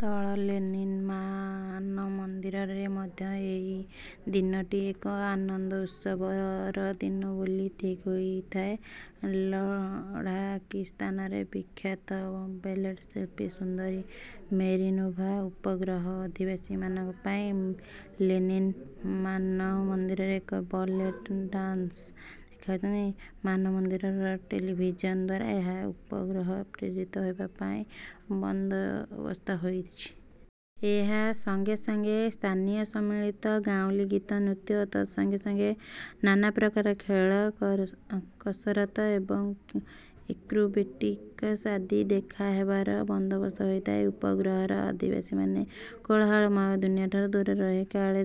ତଳ ଲେନିନ୍ ମାନମନ୍ଦିରରେ ମଧ୍ୟ ଏଇ ଦିନଟି ଏକ ଆନନ୍ଦଉତ୍ସବର ଦିନ ବୋଲି ଠିକ୍ ହୋଇଥାଏ। ଲଢ଼ାକିସ୍ଥାନର ବିଖ୍ୟାତ ବେଲେଟ୍ ଶିଳ୍ପୀ ସୁନ୍ଦରୀ ମେରିନୋଭା ଉପଗ୍ରହର ଅଧିବାସୀମାନଙ୍କ ପାଇଁ ଲେନିନ୍ ମାନମନ୍ଦିରରେ ଏକ ବେଲେଟ୍ ଡାନସ୍ ଦେଉଥାନ୍ତି। ମାନମନ୍ଦିରର ଟେଲିଭିଜନ୍ ଦ୍ୱାରା ଏହା ଉପଗ୍ରହକୁ ପ୍ରେରିତ ହେବା ପାଇଁ ବନ୍ଦୋବସ୍ତ ହୋଇଥାଏ। ଏହା ସଙ୍ଗେ ସଙ୍ଗେ ସ୍ଥାନୀୟ ସମ୍ମିଳିତ ଗାଉଁଲୀ ଗୀତ, ନୃତ୍ୟ ଓ ତତ୍ ସଙ୍ଗେ ସଙ୍ଗେ; ନାନାପ୍ରକାର ଖେଳ କସରତ୍ ଏବଂ ଏକ୍ରୋବେଟିକସ୍ ଆଦି ଦେଖାହେବାର ବନ୍ଦୋବସ୍ତ ହୋଇଥାଏ। ଉପଗ୍ରହର ଅଧିବାସୀମାନେ କୋଳାହଳମୟ ଦୁନିଆଠାରୁ ଦୂରରେ ରହି କାଳେ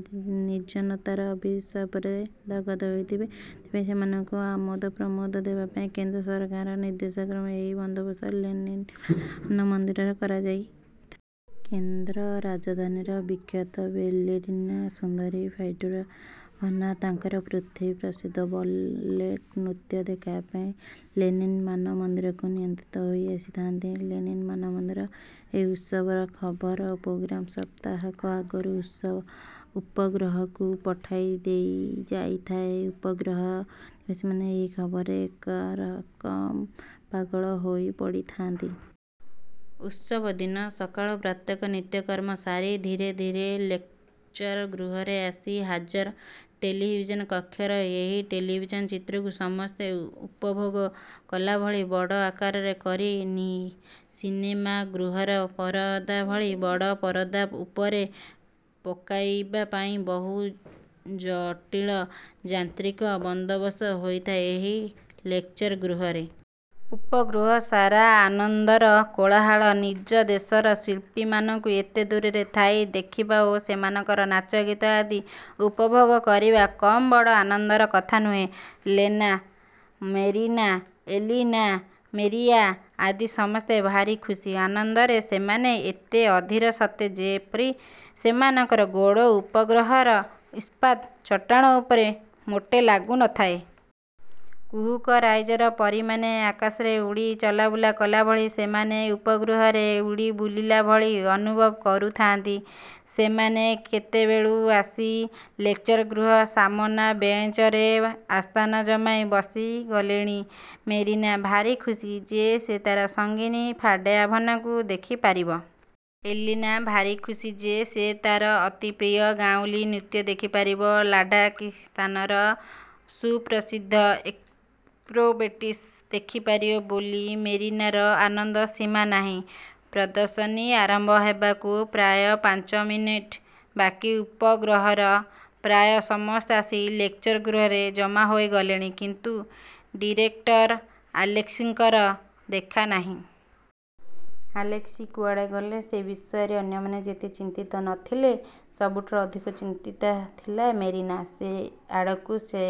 ନିର୍ଜ୍ଜନତାର ଅଭିଶାପରେ ଦଗଧ ହେଉଥିବେ ସେଥିପାଇଁ ସେମାନଙ୍କୁ ଆମୋଦପ୍ରମୋଦ ଦେବାପାଇଁ କେନ୍ଦ୍ର ସରକାରଙ୍କର ନିର୍ଦ୍ଦେଶକ୍ରମେ ଏହି ବନ୍ଦୋବସ୍ତ ଲେନିନ୍ ମାନମନ୍ଦିରରେ କରାହୋଇଥାଏ। କେନ୍ଦ୍ର ରାଜଧାନୀର ବିଖ୍ୟାତ ବେଲେରିନା ସୁନ୍ଦରୀ ଫାଡ଼େୟାଭନା ତାଙ୍କର ପୃଥିବୀ ପ୍ରସିଦ୍ଧ ବେଲେଟ୍ ନୃତ୍ୟ ଦେବାପାଇଁ ଲେନିନ୍ ମାନମନ୍ଦିରକୁ ନିମନ୍ତ୍ରିତ ହୋଇ ଆସିଥାନ୍ତି। ଲେନିନ୍ ମାନମନ୍ଦିରର ଏହି ଉତ୍ସବର ଖବର ଓ ପ୍ରୋଗ୍ରାମ୍ ସପ୍ତାହକ ଆଗରୁ ଉପଗ୍ରହକୁ ପଠାଇ ଦିଆଯାଇଥାଏ। ଉପଗ୍ରହର ଅଧିବାସୀମାନେ ଏହି ଖବରରେ ଏକରକମ୍ ପାଗଳ ହୋଇପଡ଼ିଥାନ୍ତି-। ଉତ୍ସବ ଦିନ ସକାଳୁ ପ୍ରତ୍ୟେକେ ନିତ୍ୟକର୍ମ ସାରି ଧୀରେ ଧୀରେ ଲେକ୍ଚର୍ ଗୃହରେ ଆସି ହାଜର-। ଟେଲିଭିଜନ୍ କକ୍ଷର ଏହି ଟେଲିଭିଜନ୍ ଚିତ୍ରକୁ ସମସ୍ତେ ଉପଭୋଗ କଲାଭଳି ବଡ଼ ଆକାରର କରି ସିନେମାଗୃହର ପରଦାଭଳି ବଡ଼ ପରଦା ଉପରେ ପକାଇବା ପାଇଁ ବହୁ ଜଟିଳ ଯାନ୍ତ୍ରିକ ବନ୍ଦୋବସ୍ତ ହୋଇଥାଏ ଏହି ଲେକ୍ଚର ଗୃହରେ। ଉପଗ୍ରହ ସାରା ଆନନ୍ଦର କୋଳାହଳ। ନିଜ ଦେଶର ଶିଳ୍ପୀମାନଙ୍କୁ ଏତେ ଦୂରରେ ଥାଇ ଦେଖିବା ଓ ସେମାନଙ୍କର ନାଚ, ଗୀତ ଆଦି ଉପଭୋଗ କରିବା କମ୍ ବଡ଼ ଆନନ୍ଦର କଥା ନୁହେଁ। ଲେନା, ମେରିନା, ଏଲିନା, ମେରିଆ ଆଦି ସମସ୍ତେ ଭାରି ଖୁସି। ଆନନ୍ଦରେ ସେମାନେ ଏତେ ଅଧିର ସତେ ଯେପରି ସେମାନଙ୍କ ଗୋଡ଼ ଉପଗ୍ରହର ଇସ୍ପାତ୍ ଚଟାଣ ଉପରେ ମୋଟେ ଲାଗୁ ନ ଥାଏ। କୁହୁକ ରାଇଜର ପରୀମାନେ ଆକାଶରେ ଉଡ଼ି ଚଲାବୁଲା କଲାଭଳି ସେମାନେ ଉପଗ୍ରହରେ ଉଡ଼ି ବୁଲିଲା ଭଳି ଅନୁଭବ କରୁଥାନ୍ତି। ସେମାନେ କେତେବେଳୁ ଆସି ଲେକ୍ଚର୍ ଗୃହର ସାମନା ବେଞ୍ଚରେ ଆସ୍ଥାନ ଜମାଇ ବସିଗଲେଣି।। ମେରିନା ଭାରି ଖୁସି ଯେ ସେ ତା'ର ସଙ୍ଗିନୀ ଫାଡ଼େୟାଭନାକୁ ଦେଖିପାରିବ। ଏଲିନା ଭାରି ଖୁସି ଯେ ସେ ତା'ର ଅତିପ୍ରିୟ ଗାଉଁଲି ନୃତ୍ୟ ଦେଖିପାରିବ। ଲାଢ଼ାକିସ୍ଥାନର ସୁପ୍ରସିଦ୍ଧ ଏକ୍ରୋବେଟିକ୍ସ ଦେଖିପାରିବ ବୋଲି ମେରିନାର ଆନନ୍ଦର ସୀମା ନାହିଁ। ପ୍ରଦର୍ଶିନୀ ଆରମ୍ଭ ହେବାକୁ ପ୍ରାୟ ପାଞ୍ଚମିନିଟ୍ ବାକି। ଉପଗ୍ରହର ପ୍ରାୟ ସମସ୍ତେ ଆସି ଲେକ୍ଚର ଗୃହରେ ଜମାହୋଇ ଗଲେଣି, କିନ୍ତୁ ଡିରେକଟର ଆଲେସ୍କିଙ୍କର ଦେଖାନାହିଁ। ଆଲେସ୍କି କୁଆଡ଼େ ଗଲେ, ସେ ବିଷୟରେ ଅନ୍ୟମାନେ ଯେତେ ଚିନ୍ତିତ ନ ଥିଲେ, ସବୁଠାରୁ ଅଧିକ ଚିନ୍ତିତା ଥିଲା ମେରିନା। ସେ ଏଆଡ଼କୁ ସେ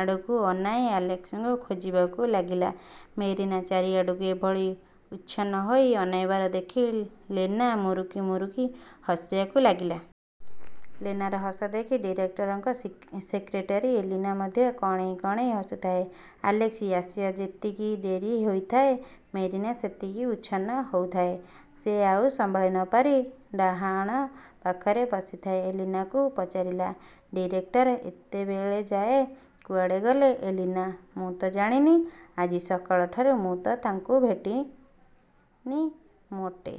ଆଡ଼କୁ ଅନାଇ ଆଲେସ୍କିଙ୍କୁ ଖୋଜିବାକୁ ଲାଗିଲା। ମେରିନା ଚାରିଆଡ଼କୁ ଏଭଳି ଉଚ୍ଛନ୍ନ ହୋଇ ଅନାଇବାର ଦେଖି ଲେନା ମୁରୁକି ମୁରୁକି ହସିବାକୁ ଲାଗିଲା। ଲେନାର ହସ ଦେଖି ଡିରେକ୍ଟରଙ୍କ ସେକ୍ରେଟାରୀ ଏଲିନା ମଧ୍ୟ କଣେଇ କଣେଇ ହସୁଥାଏ। ଆଲେସ୍କି ଆସିବା ଯେତିକି ଡେରି ହେଉଥାଏ, ମେରିନା ସେତିକି ଉଚ୍ଛନ୍ନ ହେଉଥାଏ। ସେ ଆଉ ସମ୍ଭାଳି ନପାରି ଡାହାଣ ପାଖରେ ବସିଥାଏ ଏଲିନାକୁ ପଚାରିଲା–''ଡିରେକ୍ଟର ଏତେବେଳଯାଏ କୁଆଡ଼େ ଗଲେ ଏଲିନା? '' ''ମୁଁ ତ ଜାଣିନି, ଆଜି ସକାଳଠାରୁ ମୁଁ ତ ତାଙ୍କୁ ଭେଟିନି ମୋଟେ।